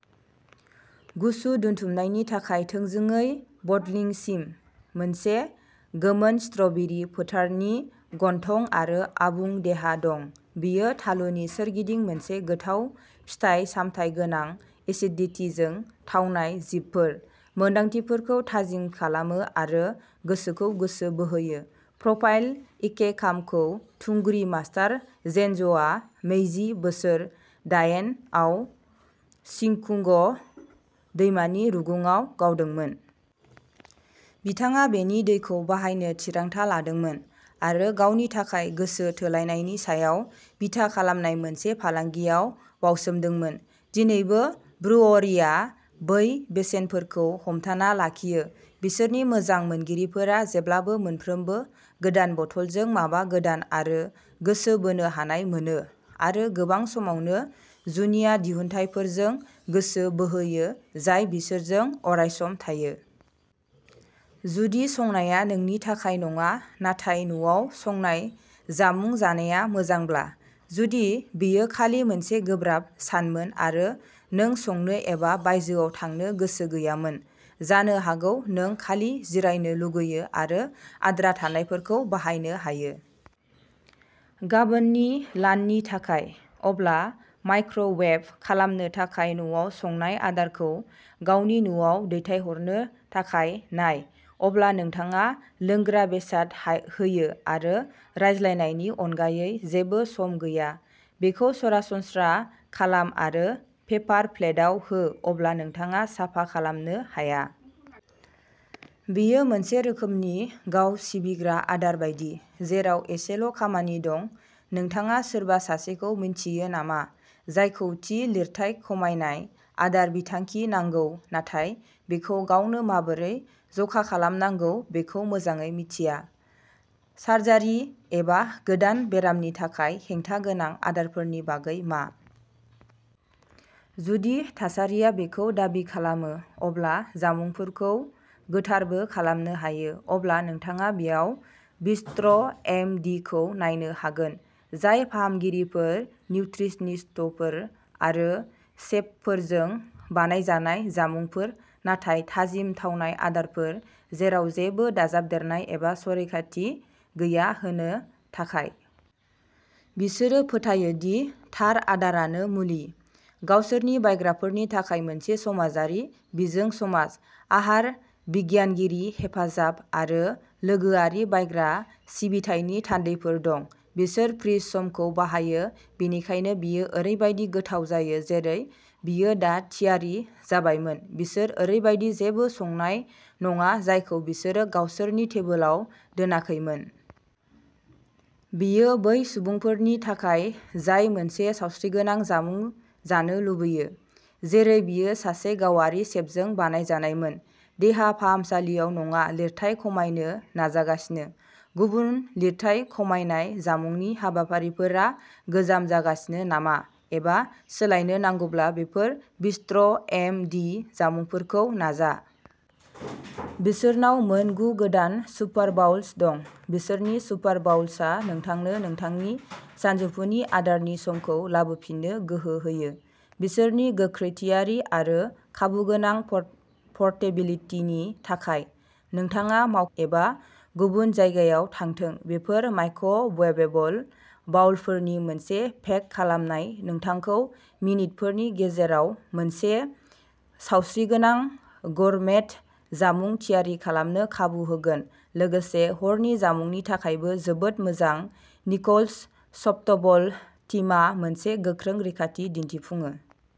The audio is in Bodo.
गुसु दोनथुमनायनि थाखाय थोंजोङै बटलिंसिम। मोनसे गोमोन स्ट्रबेरी फोथारनि गन्थं आरो आबुं देहा दं। बेयो थालुनि सोरगिदिं मोनसे गोथाव, फिथाइ-सामथाय गोनां एसिडिटीजों थावनाय जिपफोर, मोनदांथिफोरखौ थाजिम खालामो आरो गोसोखौ गोसो बोहोयो। प्रफाइल इकेकामखौ थुंग्रि मास्टार जेनज' आ मेइजि बोसोर दायेन आव चिकुग' दैमानि रुगुङाव गावदोंमोन। बिथाङा बेनि दैखौ बाहायनो थिरांथा लादोंमोन, आरो गावनि थाखाय गोसो थोलायनायनि सायाव बिथा खालामनाय मोनसे फालांगियाव बाउसोमदोंमोन। दिनैबो, ब्रुअरीआ बै बेसेनफोरखौ हमथाना लाखियो। बिसोरनि मोजां मोनगिरिफोरा जेब्लाबो मोनफ्रोमबो गोदान बथलजों माबा गोदान आरो गोसो बोनो हानाय मोनो, आरो गोबां समावनो जुनिया दिहुनथायफोरजों गोसो बोहोयो जाय बिसोरजों अरायसम थायो। जुदि संनाया नोंनि थाखाय नङा नाथाय न'आव संनाय जामुं जानाया मोजांब्ला? जुदि बेयो खालि मोनसे गोब्राब सानमोन आरो नों संनो एबा बायजोआव थांनो गोसो गैयामोन। जानो हागौ नों खालि जिरायनो लुगैयो आरो आद्रा थानायफोरखौ बाहायनो हायो। गाबोननि लाननि थाखाय? अब्ला माइक्र'वेभ खालामनो थाखाय न'आव संनाय आदारखौ गावनि न'आव दैथायहरनो थाखाय नाय। अब्ला नोंथाङा लोंग्रा बेसाद होयो आरो रायज्लायनायनि अनगायै जेबो सम गैया। बेखौ सरासनस्रा खालाम आरो पेपार प्लेटआव हो, अब्ला नोंथाङा साफा खालामनो हाया। बेयो मोनसे रोखोमनि गाव-सिबिग्रा आदार बायदि, जेराव एसेल' खामानि दं नोंथाङा सोरबा सासेखौ मिन्थियो नामा, जायखौ थि लिरथाय खमायनाय आदार बिथांखि नांगौ, नाथाय बेखौ गावनो माबोरै ज'खालामनांगौ बेखौ मोजाङै मिन्थिया? सार्जारि एबा गोदान बेरामनि थाखाय हेंथा गोनां आदारफोरनि बागै मा? जुदि थासारिया बेखौ दाबि खालामो, अब्ला जामुंफोरखौ गोथारबो खालामनो हायो। अब्ला नोंथाङा बेयाव बिस्ट्र' एम डि खौ नायनो हागोन, जाय फाहामगिरिफोर, निउट्रिसनिस्टफोर आरो सेफफोरजों बानायजानाय जामुंफोर, नाथाय थाजिम थावनाय आदारफोर, जेराव जेबो दाजाबदेरनाय एबा संरैखाथि गैया, होनो थाखाय। बिसोरो फोथायो दि थार आदारानो मुलि। गावसोरनि बायग्राफोरनि थाखाय मोनसे समाजारि बिजों समाज, आहार बिगियानगिरि हेफाजाब आरो लोगोआरि बायग्रा सिबिथायनि थान्दैफोर दं। बिसोर फ्रिज समखौ बाहायो, बेनिखायनो बेयो ओरैबायदि गोथाव जायो जेरै बेयो दा थियारि जाबायमोन बिसोर ओरैबायदि जेबो संनाय नङा जायखौ बिसोरो गावसोरनि टेबोलाव दोनाखैमोन। बेयो बै सुबुंफोरनि थाखाय जाय मोनसे सावस्रिगोनां जामुं जानो लुबैयो, जेरै बेयो सासे गावारि सेफजों बानायजानायमोन, देहा फाहामसालियाव नङा लिरथाय खमायनो नाजागासिनो? गुबुन लिरथाय खमायनाय जामुंनि हाबाफारिफोरा गोजाम जागासिनो नामा एबा सोलायनो नांगौब्ला बेफोर बिस्ट्र' एम डि जामुंफोरखौ नाजा। बिसोरनाव मोन गु गोदान सुपारबाउल्स दं। बिसोरनि सुपारबाउल्सआ नोंथांनो नोंथांनि सानजौफुनि आदारनि समखौ लाबोफिननो गोहो होयो, बिसोरनि गोख्रै थियारि आरो खाबुगोनां परटेबिलितिनि थाखाय। नोंथाङा मावख'आव थांथों एबा गुबुन जायगायाव थांथों, बेफोर माइक्र'वेभेबल बाउलफोरनि मोनसेखौ पेक खालामनाया नोंथांखौ मिनितफोरनि गेजेराव मोनसे सावस्रिगोनां गोरमेट जामुं थियारि खालामनो खाबु होगोन लोगोसे हरनि जामुंनि थाखायबो जोबोद मोजां निकल्स सफ्टबल टीमा मोनसे गोख्रों रैखाथि दिन्थिफुङो।